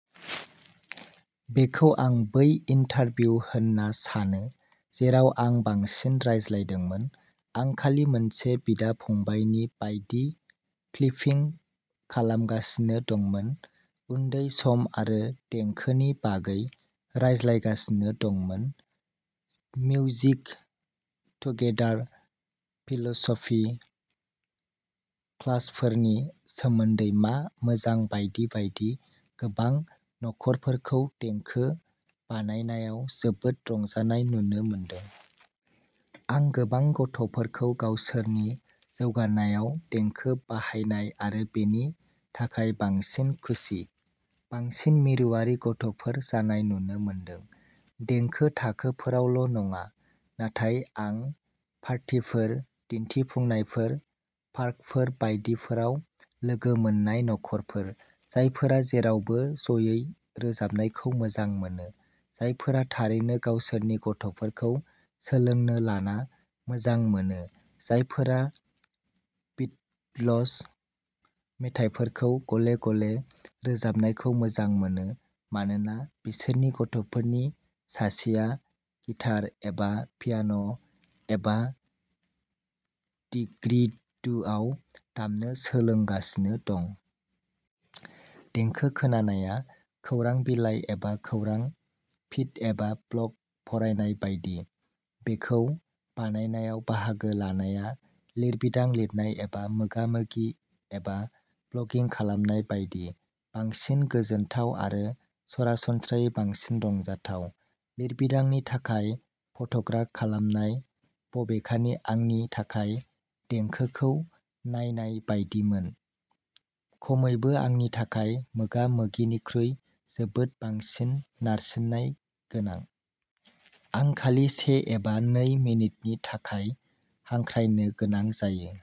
बेखौ आं बै इन्टारभिउ होनना सानो जेराव आं बांसिन रायज्लायदोंमोन। आं खालि मोनसे बिदा-फंबायनि बायदि क्लिपिं खालामगासिनो दंमोन, उन्दै सम आरो देंखोनि बागै रायज्लायगासिनो दंमोन, मिउजिक टुगेदार फिल'सफी, क्लासफोरनि सोमोन्दै मा मोजां बायदि बायदि गोबां नखरफोरखौ देंखो बानायनायाव जोबोद रंजानाय नुनो मोनदों। आं गोबां गथ'फोरखौ गावसोरनि जौगानायाव देंखो बाहायनाय आरो बेनि थाखाय बांसिन खुसि, बांसिन मिरुआरि गथ'फोर जानाय नुनो मोनदों। देंखो थाखोफोरावल' नङा, नाथाय आं पार्टीफोर, दिन्थिफुंनायफोर, पार्कफोर बायदिफोराव लोगो मोन्नाय नखरफोर, जायफोरा जेरावबो ज'यै रोजाबनायखौ मोजां मोनो, जायफोरा थारैनो गावसोरनि गथ'फोरखौ सोलोंनो लाना मोजां मोनो, जायफोरा बीटल्स मेथाइफोरखौ गले-गले रोजाबनायखौ मोजां मोनो मानोना बिसोरनि गथ'फोरनि सासेया गिटार, एबा पियान' एबा डिगग्रीडुआव दामनो सोलोंगासिनो दं। देंखो खोनानाया खौरां बिलाइ एबा खौरां फिड एबा ब्लग फरायनाय बायदि। बेखौ बानायनायाव बाहागो लानायआ लिरबिदां लिरनाय एबा मोगा-मोगि एबा ब्लगिं खालामनाय बायदि, बांसिन गोजोनथाव आरो सरासनस्रायै बांसिन रंजाथाव। लिरबिदांनि थाखाय फट' ग्राफ खालामनाय, बबेखानि, आंनि थाखाय देंखोखौ नायनाय बायदिमोन, खमैबो आंनि थाखाय मोगा-मोगिनिख्रुइ जोबोद बांसिन नारसिननाय गोनां। आं खालि से एबा नै मिनिटनि थाखाय हांख्रायनो गोनां जायो।